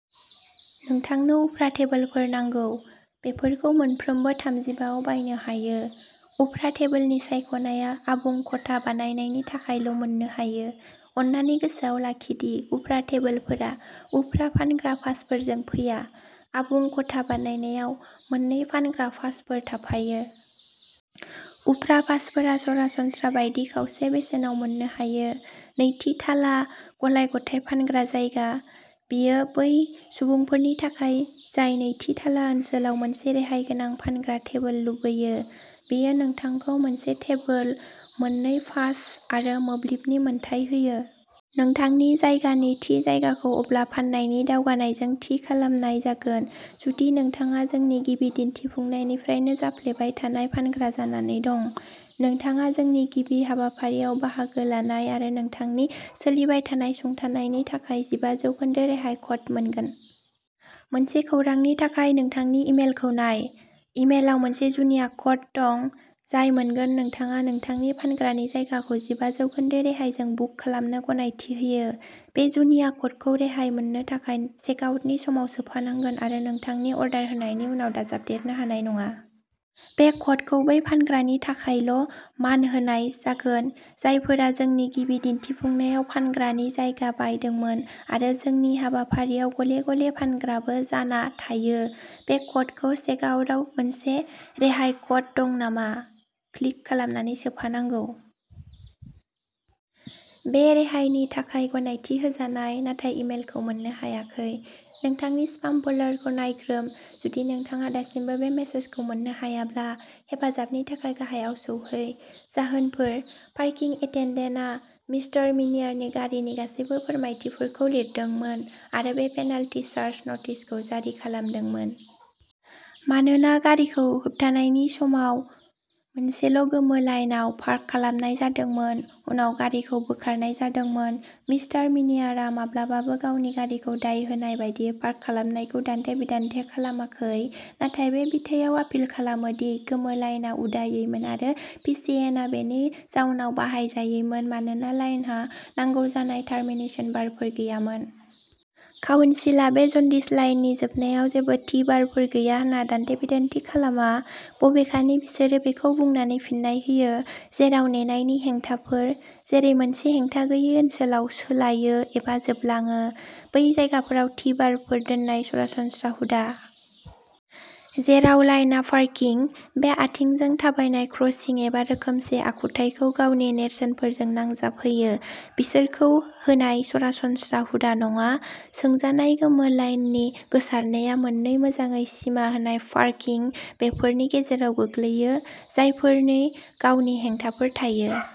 नोंथांनो उफ्रा टेबोलफोर नांगौ, बेफोरखौ मोनफ्रोमबो थामजिबाआव बायनो हायो। उफ्रा टेबोलनि सायख'नायआ आबुं खथा बायनायनि थाखायल' मोननो हायो। अन्नानै गोसोआव लाखि दि उफ्रा टेबोलफोरा उफ्रा फानग्रा पासफोरजों फैया। आबुं खथा बायनायाव मोननै फानग्रा पासफोर थाफायो। उफ्रा पासफोरा सरासनस्रा बायदि खावसे बेसेनाव मोननो हायो। नैथि थाला गलाय-गथाय फानग्रा जायगा। बेयो बै सुबुंफोरनि थाखाय जाय नैथि थाला ओनसोलाव मोनसे रेहाय गोनां फानग्रा टेबोल लुबैयो। बेयो नोंथांखौ मोनसे टेबोल, मोननै पास आरो मोब्लिबनि मोन्थाइ होयो। नोंथांनि जायगानि थि जायगाखौ अब्ला फान्नायनि दावगानायजों थि खालामनाय जागोन। जुदि नोंथाङा जोंनि गिबि दिन्थिफुंनायनिफ्रायनो जाफ्लेबाय थानाय फानग्रा जानानै दं; नोंथाङा जोंनि गिबि हाबाफारियाव बाहागो लानाय आरो नोंथांनि सोलिबाय थानाय सुंथानायनि थाखाय जिबा जौखोन्दो रेहाय क'ड मोनगोन। मोनसे खौरांनि थाखाय नोंथांनि इमेलखौ नाय। इमेलआव मोनसे जुनिया क'ड दं जाय मोनगोन नोंथाङा नोंथांनि फानग्रानि जायगाखौ जिबा जौखोन्दो रेहायजों बुक खालामनो गनायथि होयो। बे जुनिया क'डखौ रेहाय मोननो थाखाय चेकआउटनि समाव सोफानांगोन आरो नोंथांनि अर्डार होनायनि उनाव दाजाबदेरनो हानाय नङा। बे क'डखौ बै फानग्रानि थाखायल'मान होनाय जागोन, जायफोरा जोंनि गिबि दिन्थिफुंनायाव फानग्रानि जायगा बायदोंमोन आरो जोंनि हाबाफारियाव गले गले फानग्राबो जाना थायो। बे क'डखौ चेकआउटआव "मोनसे रेहाय क'ड दं नामा?" क्लिक खालामनानै सोफानांगौ। बे रेहायनि थाखाय गनायथि होजानाय, नाथाय इमेलखौ मोननो हायाखै? नोंथांनि स्पाम फोल्डरखौ नायग्रोम, जुदि नोंथाङा दासिमबो बे मेसेजखौ मोननो हायाब्ला, हेफाजाबनि थाखाय गाहायाव सौहै। जाहोनफोर- पार्किं एटेन्डेन्टआ मिस्टार मिनियारनि गारिनि गासैबो फोरमायथिफोरखौ लिरदोंमोन आरो बे पेनाल्टि चार्ज न'टिस खौ जारि खालामदोंमोन। मानोना गारिखौ होबथानायनि समाव मोनसेल'गोमो लाइनआव पार्क खालामनाय जादोंमोन। उनाव गारिखौ बोखारनाय जादोंमोन। मिस्टार मिनियारा माब्लाबाबो गावनि गारिखौ दाय होनाय बायदियै पार्क खालामनायखौ दान्थे-बिदान्थे खालामाखै, नाथाय बे बिथायाव आपिल खालामो दि गोमो लाइनआ उदायैमोन, आरो पि सि एन आ बेनि जाउनाव बाहायजायैमोन, मानोना लाइनहा "नांगौ जानाय टर्मिनेशन बारफोर गैयामोन"। काउन्सिलआ बे जन्दिस लाइननि जोबनायाव जेबो टि-बारफोर गैया होन्ना दान्थे-बिदान्थे खालामा। बबेखानि बिसोरो बेखौ बुंनानै फिननाय होयो, "जेराव नेनायनि हेंथाफोर, जेरै, मोनसे हेंथागैयै ओनसोलाव सोलायो एबा जोबलाङो, बै जायगाफोराव टि-बारफोर दोननाय सरासनस्रा हुदा। जेराव लाइनआ पार्किं बे, आथिंजों थाबायनाय क्रसिं एबा रोखोमसे आखुथायखौ गावनि नेरसोनफोरजों नांजाबहोयो, बिसोरखौ होनाय सरासनस्रा हुदा नङा। सोंजानाय गोमो लाइननि गोसारनाया मोन्नै मोजाङै सिमा होनाय पार्किं बेफोरनि गेजेराव गोग्लैयो, जायफोरनि गावनि हेंथाफोर थायो।